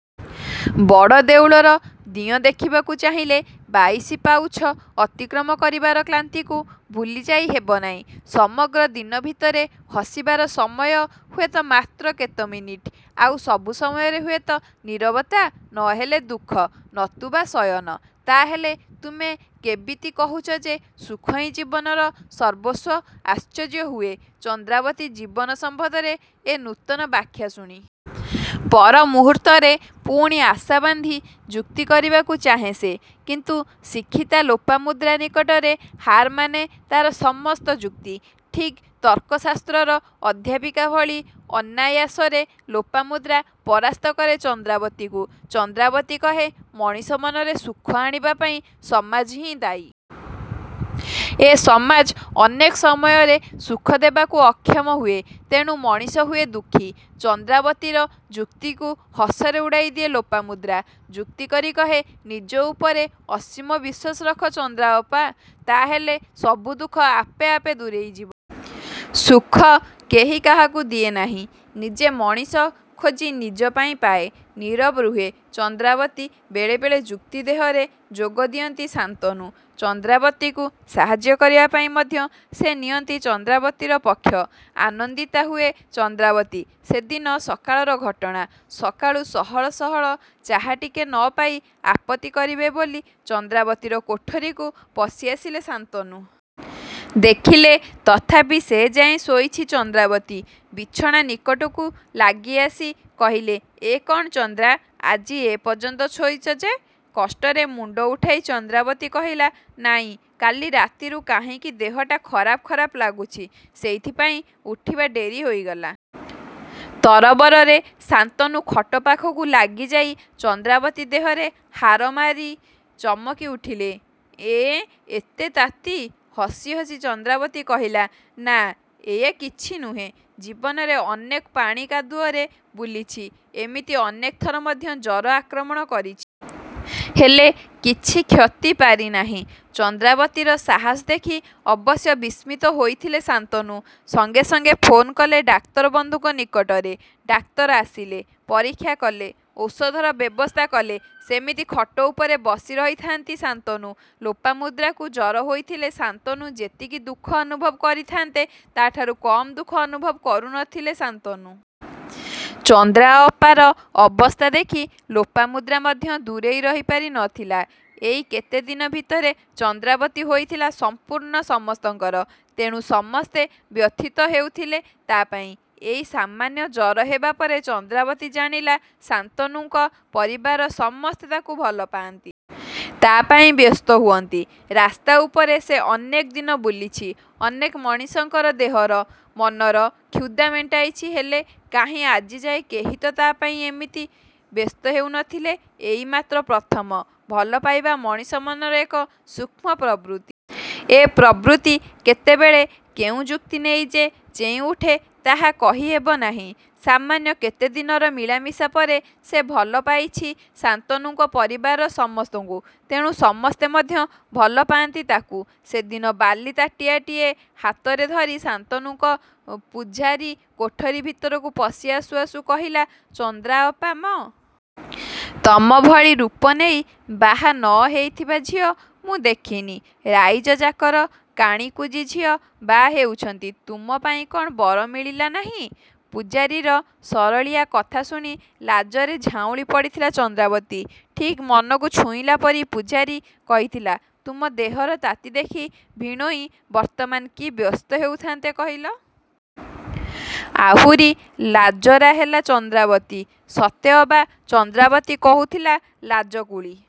ବଡ଼ ଦେଉଳର ଦିଅଁ ଦେଖିବାକୁ ଚାହିଁଲେ ବାଇଶି ପାଉଛ ଅତିକ୍ରମ କରିବାର କ୍ଳାନ୍ତିକୁ ଭୁଲିଯାଇ ହେବନାହିଁ। ସମଗ୍ର ଦିନ ଭିତରେ ହସିବାର ସମୟ ହୁଏତ ମାତ୍ର କେତେ ମିନିଟ୍। ଆଉ ସବୁ ସମୟରେ ହୁଏତ ନୀରବତା ନ ହେଲେ ଦୁଃଖ ନତୁବା ଶୟନ। ତା'ହେଲେ ତୁମେ କେବିତି କହୁଛ ଯେ ସୁଖ ହିଁ ଜୀବନର ସର୍ବସ୍ୱ ଆଶ୍ଚର୍ଯ୍ୟ ହୁଏ ଚନ୍ଦ୍ରାବତୀ ଜୀବନ ସମ୍ୱନ୍ଧରେ ଏ ନୂତନ ବ୍ୟାଖ୍ୟା ଶୁଣି। ପର ମୁହୂର୍ତ୍ତରେ ପୁଣି ଆଶା ବାନ୍ଧି ଯୁକ୍ତି କରିବାକୁ ଚାହେଁ ସେ। କିନ୍ତୁ ଶିକ୍ଷିତା ଲୋପାମୁଦ୍ରା ନିକଟରେ ହାରମାନେ ତା'ର ସମସ୍ତ ଯୁକ୍ତି। ଠିକ୍ ତର୍କଶାସ୍ତ୍ରର ଅଧ୍ୟାପିକା ଭଳି ଅନାୟାସରେ ଲୋପାମୁଦ୍ରା ପରାସ୍ତ କରେ ଚନ୍ଦ୍ରାବତୀକୁ। ଚନ୍ଦ୍ରାବତୀ କହେ ମଣିଷ ମନରେ ସୁଖ ଆଣିବାପାଇଁ ସମାଜ ହିଁ ଦାୟୀ। ଏ ସମାଜ ଅନେକ ସମୟରେ ସୁଖ ଦେବାକୁ ଅକ୍ଷମ ହୁଏ ତେଣୁ ମଣିଷ ହୁଏ ଦୁଃଖୀ। ଚନ୍ଦ୍ରାବତୀର ଯୁକ୍ତିକୁ ହସରେ ଉଡ଼ାଇ ଦିଏ ଲୋପାମୁଦ୍ରା। ଯୁକ୍ତି କରି କହେ ନିଜ ଉପରେ ଅସୀମ ବିଶ୍ୱାସ ରଖ ଚନ୍ଦ୍ରାଅପା! ତା'ହେଲେ ସବୁ ଦୁଃଖ ଆପେ ଆପେ ଦୂରେଇ ଯିବ। ସୁଖ କେହି କାହାକୁ ଦିଏନାହିଁ ନିଜେ ମଣିଷ ଖୋଜି ନିଜ ପାଇଁ ପାଏ। '' ନୀରବ ରୁହେ ଚନ୍ଦ୍ରାବତୀ ବେଳେ ବେଳେ ଯୁକ୍ତି ଦେହରେ ଯୋଗ ଦିଅନ୍ତି ଶାନ୍ତନୁ। ଚନ୍ଦ୍ରାବତୀକୁ ସାହାଯ୍ୟ କରିବା ପାଇଁ ମଧ୍ୟ ସେ ନିଅନ୍ତି ଚନ୍ଦ୍ରାବତୀର ପକ୍ଷ। ଆନନ୍ଦିତା ହୁଏ ଚନ୍ଦ୍ରାବତୀ ସେଦିନ ସକାଳର ଘଟଣା ସକାଳୁ ସହଳ ସହଳ ଚାହାଟିକେ ନପାଇ ଆପତ୍ତି କରିବେ ବୋଲି ଚନ୍ଦ୍ରାବତୀର କୋଠରୀକୁ ପଶିଆସିଲେ ଶାନ୍ତନୁ। ଦେଖିଲେ ତଥାପି ସେଯାଏ ଶୋଇଛି ଚନ୍ଦ୍ରାବତୀ ବିଛଣା ନିକଟକୁ ଲାଗି ଆସି କହିଲେ''ଏ କ'ଣ ଚନ୍ଦ୍ରା, ଆଜି ଏ ପର୍ଯ୍ୟନ୍ତ ଶୋଇଛ ଯେ? '' କଷ୍ଟରେ ମୁଣ୍ତ ଉଠାଇ ଚନ୍ଦ୍ରାବତୀ କହିଲା ''ନାଁଇ କାଲି ରାତିରୁ କାହିଁକି ଦେହଟା ଖରାପ ଖରାପ ଲାଗୁଛି। ସେଇଥିପାଇଁ ଉଠିବା ଡେରି ହୋଇଗଲା। '' ତରବରରେ ଶାନ୍ତନୁ ଖଟ ପାଖକୁ ଲାଗିଯାଇ ଚନ୍ଦ୍ରାବତୀ ଦେହରେ ହାରମାରି ଚମକି ଉଠିଲେ''ଏଁ ଏତେ ତାତି? '' ହସି ହସି ଚନ୍ଦ୍ରାବତୀ କହିଲା ''ନାଁ ଇଏ କିଛି ନୁହେଁ। ଜୀବନରେ ଅନେକ ପାଣି କାଦୁଅରେ ବୁଲିଛି ଏମିତି ଅନେକ ଥର ମଧ୍ୟ ଜର ଆକ୍ରମଣ କରିଛି। ହେଲେ କିଛି କ୍ଷତି ପାରିନାହିଁ। '' ଚନ୍ଦ୍ରାବତୀର ସାହସ ଦେଖି ଅବଶ୍ୟ ବିସ୍ମିତ ହୋଇଥିଲେ ଶାନ୍ତନୁ। ସଙ୍ଗେ ସଙ୍ଗେ ଫୋନ କଲେ ଡାକ୍ତର ବନ୍ଧୁଙ୍କ ନିକଟରେ। ଡାକ୍ତର ଆସିଲେ। ପରୀକ୍ଷା କଲେ। ଔଷଧର ବ୍ୟବସ୍ଥା କଲେ। ସେମିତି ଖଟ ଉପରେ ବସି ରହିଥାନ୍ତି ଶାନ୍ତନୁ। ଲୋପାମୁଦ୍ରାକୁ ଜର ହୋଇଥିଲେ ଶାନ୍ତନୁ ଯେତିକି ଦୁଃଖ ଅନୁଭବ କରିଥାନ୍ତେ ତାଠାରୁ କମ୍ ଦୁଃଖ ଅନୁଭବ କରୁ ନ ଥିଲେ ଶାନ୍ତନୁ। ଚନ୍ଦ୍ରାଅପାର ଅବସ୍ଥା ଦେଖି ଲୋପାମୁଦ୍ରା ମଧ୍ୟ ଦୂରେଇ ରହି ପାରି ନ ଥିଲା। ଏଇ କେତେଦିନ ଭିତରେ ଚନ୍ଦ୍ରାବତୀ ହୋଇଥିଲା ସମ୍ପୂର୍ଣ୍ଣ ସମସ୍ତଙ୍କର। ତେଣୁ ସମସ୍ତେ ବ୍ୟଥିତ ହେଉଥିଲେ ତା' ପାଇଁ। ଏଇ ସମାନ୍ୟ ଜର ହେବାପରେ ଚନ୍ଦ୍ରାବତୀ ଜାଣିଲା ଶାନ୍ତନୁଙ୍କ ପରିବାରର ସମସ୍ତେ ତାକୁ ଭଲ ପାଆନ୍ତି। ତା' ପାଇଁ ବ୍ୟସ୍ତ ହୁଅନ୍ତି। ରାସ୍ତା ଉପରେ ସେ ଅନେକ ଦିନ ବୁଲିଛି। ଅନେକ ମଣିଷଙ୍କର ଦେହର, ମନର କ୍ଷୁଧା ମେଣ୍ଟାଇଛି ହେଲେ କାହିଁ ଆଜିଯାଏ କେହି ତ ତା' ପାଇଁ ଏମିତି ବ୍ୟସ୍ତ ହେଉ ନ ଥିଲେ ଏଇମାତ୍ର ପ୍ରଥମ। ଭଲ ପାଇବା ମଣିଷ ମନର ଏକ ସୂକ୍ଷ୍ମ ପ୍ରବୃତ୍ତି। ଏ ପ୍ରବୃତ୍ତି କେତେବେଳେ କେଉଁ ଯୁକ୍ତି ନେଇ ଯେ ଚେଇଁ ଉଠେ ତାହା କହି ହେବ ନାହିଁ। ସମାନ୍ୟ କେତେଦିନର ମିଳାମିଶା ପରେ ସେ ଭଲ ପାଇଛି ଶାନ୍ତନୁଙ୍କ ପରିବାରର ସମସ୍ତଙ୍କୁ। ତେଣୁ ସମସ୍ତେ ମଧ୍ୟ ଭଲପାନ୍ତି ତାକୁ ସେଦିନ ବାଲି ତାଟିଆଟିଏ ହାତରେ ଧରି ଶାନ୍ତନୁଙ୍କ ପୂଝାରୀ କୋଠରୀ ଭିତରକୁ ପଶି ଆସୁ ଆସୁ କହିଲା ''ଚନ୍ଦ୍ରାଅପା ମ! ତମ ଭଳି ରୂପ ନେଇ ବାହା ନ ହେଇଥିବା ଝିଅ ମୁଁ ଦେଖିନି-। ରାଇଜ ଯାକର କାଣୀ କୁଜୀ ଝିଅ ବାହା ହେଉଛନ୍ତି ତୁମ ପାଇଁ କ'ଣ ବର ମିଳିଲା ନାହିଁ-? '' ପୂଝାରୀର ସରଳିଆ କଥା ଶୁଣି ଲାଜରେ ଝାଉଁଳି ପଡ଼ିଥିଲା ଚନ୍ଦ୍ରାବତୀ। ଠିକ୍ ମନକୁ ଛୁଇଁଲା ପରି ପୂଝାରୀ କହିଥିଲା''ତୁମ ଦେହର ତାତି ଦେଖି ଭିଣୋଇ ବର୍ତ୍ତମାନ କି ବ୍ୟସ୍ତ ହେଉଥାନ୍ତେ କହିଲ? '' ଆହୁରି ଲାଜରା ହେଲା ଚନ୍ଦ୍ରାବତୀ ସତେ ଅବା ଚନ୍ଦ୍ରାବତୀ କହୁଥିଲା ଲାଜକୁଳୀ!